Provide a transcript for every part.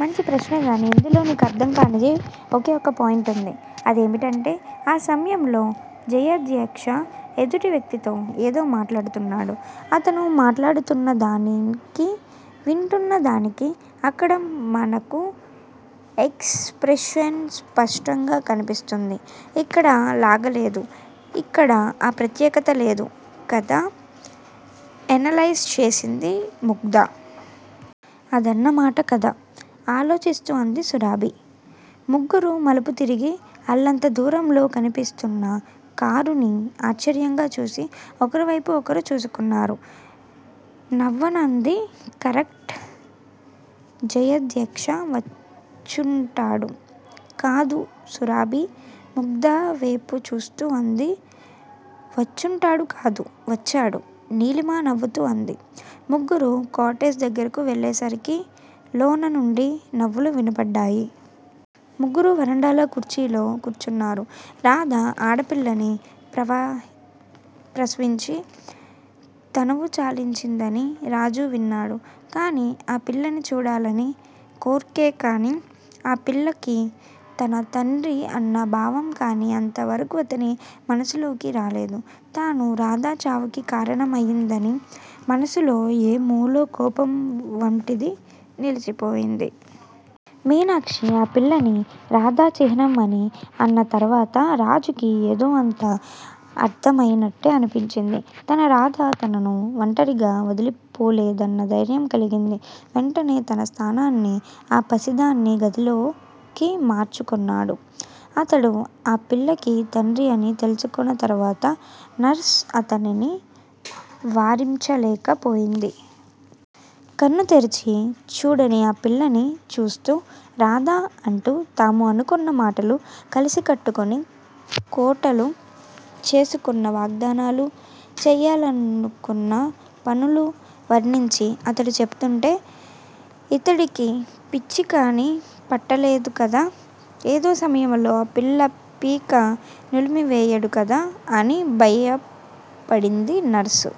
మంచి ప్రశ్నేగానీ ఇందులో నీకర్ధంకానిది ఒకే ఒక పాయింట్ వుంది. అదేమిటంటే ఆ సమయంలో జయాధ్యక్ష ఎదుటి వ్యక్తితో ఏదో మాట్లాడుతున్నాడు. అతను మాట్లాడుతున్నదానికి, వింటున్న దానికి అక్కడ మనకు ఎక్స్ ప్రెషన్ స్పష్టంగా కన్పిస్తోంది. ఇక్కడ లాగలేదు ఇక్కడ ఆ ప్రత్యేకత లేదు కదా ఎనలైజ్ చేసింది ముగ్ధ. అదన్నమాట కధ ఆలోచిస్తూ అంది సురాభి. ముగ్గురూ మలుపు తిరిగి, అల్లంత దూరంలో కన్పిస్తున్న కారుని ఆశ్చర్యంగా చూసి, ఒకరివేపు ఒకరు చూసుకున్నారు. నవ్వనంది కరెక్ట్ జయాధ్యక్ష వచ్చుంటాడు కదూ సురభి ముగ్ధవేపు చూస్తూ అంది. వచ్చుంటాడు కాదు. వచ్చాడు నీలిమ నవ్వుతూ అంది. ముగ్గురూ కాటేజ్ దగ్గరకు వెళ్ళేసరికి లోన నుండి నవ్వులు వినపడ్డాయి. ముగ్గురూ వరండాలో కుర్చీల్లో కూర్చున్నారు. రాధ ఆడపిల్లని ప్రసవించి తనువు చాలించిందని రాజు విన్నాడు. కాని ఆ పిల్లని చూడాలని కోర్కె కాని, ఆ పిల్లకి తను తండ్రి అన్న భావం కాని అంతవరకూ అతని మనసులోకి రాలేదు. తాను రాధ చావుకి కారణం అయిందని మనసులో ఏ మూలో కోపం వంటిది నిలిచిపోయింది. మీనాక్షి ఆ పిల్లని రాధ చిహ్నం అని అన్న తరవాత రాజుకి యేదో అంతా అర్ధమయినట్టే అనిపించింది. తన రాధ తనను ఒంటరిగా వదిలిపోలేదన్న ధైర్యం కలిగింది. వెంటనే తన స్థానాన్ని ఆ పసిదాని గదిలోకి మార్చుకొన్నాడు. అతడు ఆ పిల్లకి తండ్రి అని తెలుసుకొన్న తరవాత నర్సు అతనిని వారించలేక పోయింది. కన్ను తెరిచి చూడని ఆ పిల్లని చూస్తూ 'రాధా' అంటూ తాము అనుకొన్న మాటలు, కలిసి కట్టుకొని కోటలు, చేసుకొన్న వాగ్ధానాలు, చేయాలనుకొన్న పనులు వర్ణించి అతడు చెబుతూంటే 'ఇతడికి పిచ్చికాని పట్టలేదు కదా? ఏదో సమయంలో ఆ పిల్ల పీక నులిపివేయడు కదా? ' అని భయపడింది నర్సు.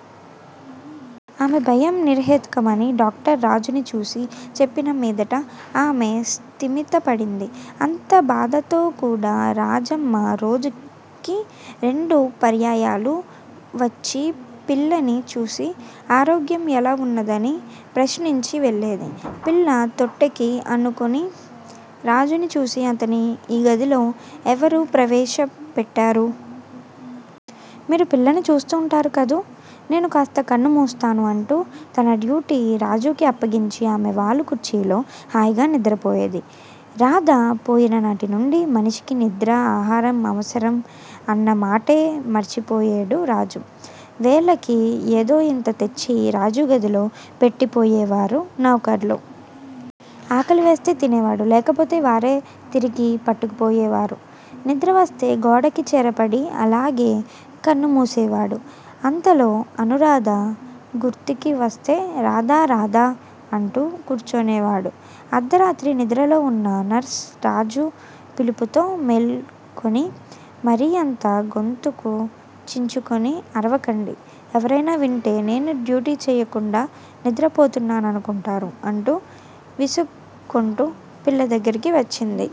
ఆమె భయం నిర్హేతుకమని డాక్టరు రాజుని చూసి చెప్పిన మీదట ఆమె స్థిమితపడింది. అంత బాధతో కూడా రాజమ్మ రోజుకి రెండు పర్యాయాలు వచ్చి పిల్లని చూసి, ఆరోగ్యం ఎలా ఉన్నదీ ప్రశ్నించి వెళ్ళేది. పిల్ల తొట్టెకి ఆనుకొని రాజుని చూసి అతన్ని ఈ గదిలో యెవరు ప్రవేశ పెట్టారు? మీరు పిల్లని చూస్తూంటారు కదూ. నేను కాస్త కన్ను మూస్తాను అంటూ తన డ్యూటీ రాజుకి అప్పగించి ఆమె వాలు కుర్చీలో హాయిగా నిద్రపోయేది. రాధ పోయిననాటి నుండి మనిషికి నిద్రా, ఆహారం అవసరం అన్నమాటే మరిచిపోయేడు రాజు. వేళకి ఏదో ఇంత తెచ్చి రాజు గదిలో పెట్టిపోయేవారు నౌకర్లు. ఆకలివేస్తే తినేవాడు. లేకపోతే వారే తిరిగి పట్టుకుపోయేవారు. నిద్రవస్తే గోడకి చేరబడి అలాగే కన్ను మూసేవాడు. అంతలో అనూరాధ గుర్తుకి వస్తే రాధా, రాధా! అంటూ కూర్చునేవాడు. అర్దరాత్రి నిద్రలో ఉన్న నర్సు రాజు పిలుపుతో మేలుకొని, మరీ అంత గొంతుకు చించుకొని అరవకండి, ఎవరైనా వింటే నేను డ్యూటీ చెయ్యకుండా నిద్రపోతున్నాననుకొంటారు అంటూ విసుగుకొంటూ పిల్ల దగ్గరికి వచ్చింది.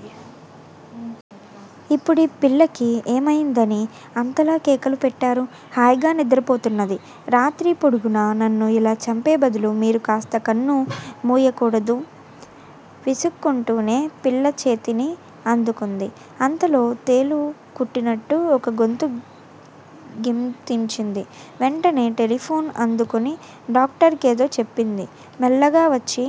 ఇప్పుడీ పిల్లకి ఏమయిందని అంతలా కేకలు పెట్టారు? హాయిగా నిద్రపోతున్నది. రాత్రి పొడుగునా నన్ను ఇలా చంపే బదులు మీరూ కాస్త కన్ను ముయ్యకూడదూ? విసుక్కొంటూనే పిల్ల చేతిని అందుకొంది. అంతలో తేలు కుట్టినట్లు ఒక్క గెంతు గెంతింది. వెంటనే టెలిఫోను అందుకొని డాక్టరు కేదో చెప్పింది. మెల్లగా వచ్చి